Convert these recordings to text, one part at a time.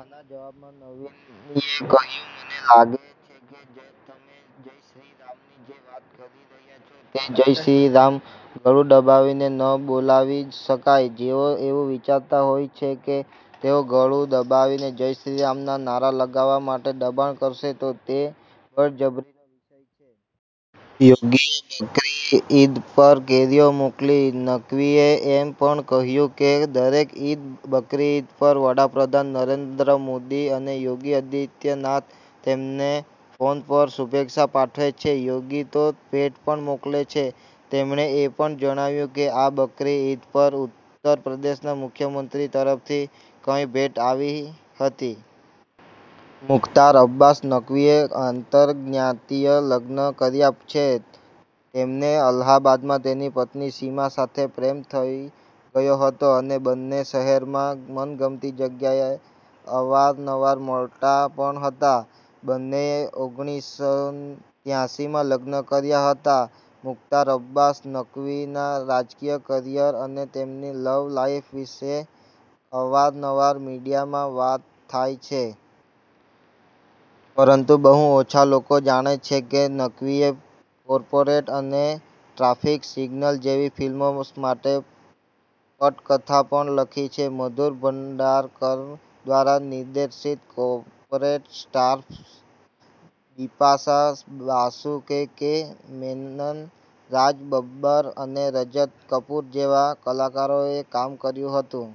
આના જવાબમાં નકવીએ કહ્યું, "મને લાગે છે કે, તમે જય શ્રી રામની જે વાત કરી રહ્યા છો, તે જય શ્રી રામ ગળુ દબાવીને ન બોલાવી શકાય. જેઓ એવું વિચારતા હોય છે કે તેઓ ગળુ દબાવીને જય શ્રી રામના નારા લગાવવા માટે દબાણ કરશે તો તે બળજબરી યોગીએ બકરીદ પર કેરીઓ મોકલી નકવીએ એમ પણ કહ્યું કે, દરેક ઈદ-બકરીઈદ પર વડાપ્રધાન નરેન્દ્ર મોદી અને યોગી આદિત્ય નાથ તેમને ફોન પર શુભેચ્છા પાઠવે છે. યોગી તો ભેટ પણ મોકલે છે. તેમણે એ પણ જણાવ્યું કે, આ બકરી ઈદ પર ઉત્તર પ્રદેશના મુખ્યમંત્રી તરફથી કઈ ભેટ આવી હતી. મુખ્તાર અબ્બાસ નકવીએ આંતરજ્ઞાતિય લગ્ન કર્યા છે. તેમને અલ્હાબાદમાં તેની પત્ની સીમા સાથે પ્રેમ થઈ ગયો હતો અને બંને શહેરમાં મનગમતી જગ્યાએ અવારનવાર મળતા પણ હતા. બંનેએ ઓગણીસસો ત્યાસીમાં લગ્ન કર્યા હતા. મુખ્તાર અબ્બાસ નકવીના રાજકીય કરિયર અને તેમની લવ લાઈફ વિશે અવાર નવાર મીડિયામાં વાત થાય છે. પરંતુ બહુ ઓછા લોકો જાણે છે કે, નકવીએ કોર્પોરેટ અને ટ્રાફિક સિગ્નલ જેવી ફિલ્મો માટે પટકથા પણ લખી છે. મધુર ભંડારકર દ્વારા નિર્દેશિત, 'કોર્પોરેટ' સ્ટાર્સ બિપાશા બાસુ, કે. કે. મેનન, રાજ બબ્બર અને રજત કપૂર જેવા કલાકારોએ કામ કર્યું હતું.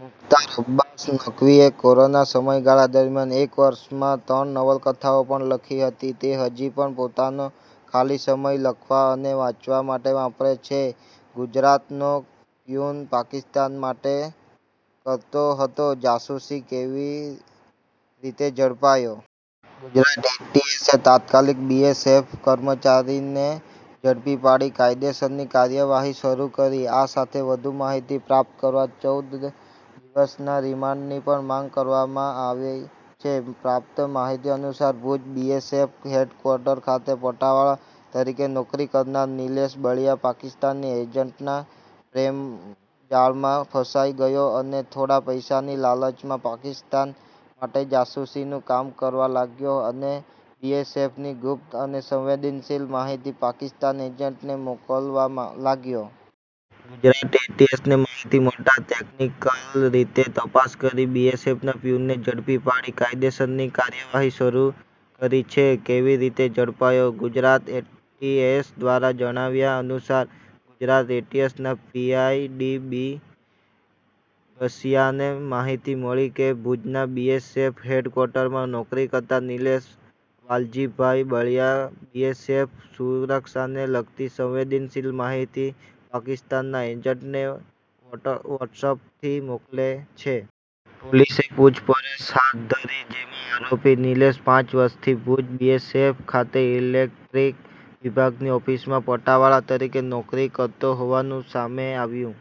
મુખ્તાર અબ્બાસ નકવીએ કોરોના સમયગાળા દરમિયાન એક વર્ષમાં ત્રણ નવલકથાઓ પણ લખી હતી. તે હજી પણ પોતાનો ખાલી સમય લખવા અને વાંચવા માટે વાપરે છે. ગુજરાતનો પ્યૂન પાકિસ્તાન માટે કરતો હતો જાસુસી, કેવી રીતે ઝડપાયો? ગુજરાત એટીએસએ તત્કાલીક બીએસએફ કર્મચારીને ઝડપી પાડી કાયદેસરની કાર્યવાહી શરૂ કરી. આ સાથે વધુ માહિતી પ્રાપ્ત કરવા ચૌદ દિવસના રિમાન્ડની પણ માંગ કરવામાં આવી છે. પ્રાપ્ત માહિતી અનુસાર, ભુજ બીએસએફ હેડક્વાર્ટર ખાતે પટાવાળા તરીકે નોકરી કરનાર નિલેશ બળિયા પાકિસ્તાની એજન્ટના પ્રેમજાળમાં ફસાઈ ગયો અને થોડા પૈસાની લાલચમાં પાકિસ્તાન માટે જાસૂસીનું કામ કરવા લાગ્યો અને બીએસએફની ગુપ્ત અને સંવેદનશિલ માહિતી પાકિસ્તાન એજન્ટને મોકલવા માં લાગ્યો. ગુજરાત એટીએસને માહિતી મળતા ટેક્નિકલ રીતે તપાસ કરી બીએસએફના પ્યૂનને ઝડપી પાડી કાયદેસરની કાર્યવાહી શરૂ કરી છે. કેવી રીતે ઝડપાયો? ગુજરાત એટીએસ દ્વારા જણાવ્યા અનુસાર, ગુજરાત એટીએસના પીઆઈ ડી બી બસીયાને માહિતી મળી કે, ભુજના બીએસએફ હેડક્વાર્ટરમાં નોકરી કરતા નિલેષ વાલજીભાઈ બળીયા બીએસએફ સુરક્ષાને લગતી સંવેદનશિલ માહિતી પાકિસ્તાનના એજન્ટને વોટ્સઅપથી મોકલે છે. પોલીસે પૂછપરછ હાથ ધરી, જેમાં આરોપી નિલેષ પાંચ વર્ષથી ભુજ બીએસએફ ખાતે ઈલેક્ટ્રીક વિભાગની ઓફિસમાં પટાવાળા તરીકે નોકરી કરતો હોવાનું સામે આવ્યું.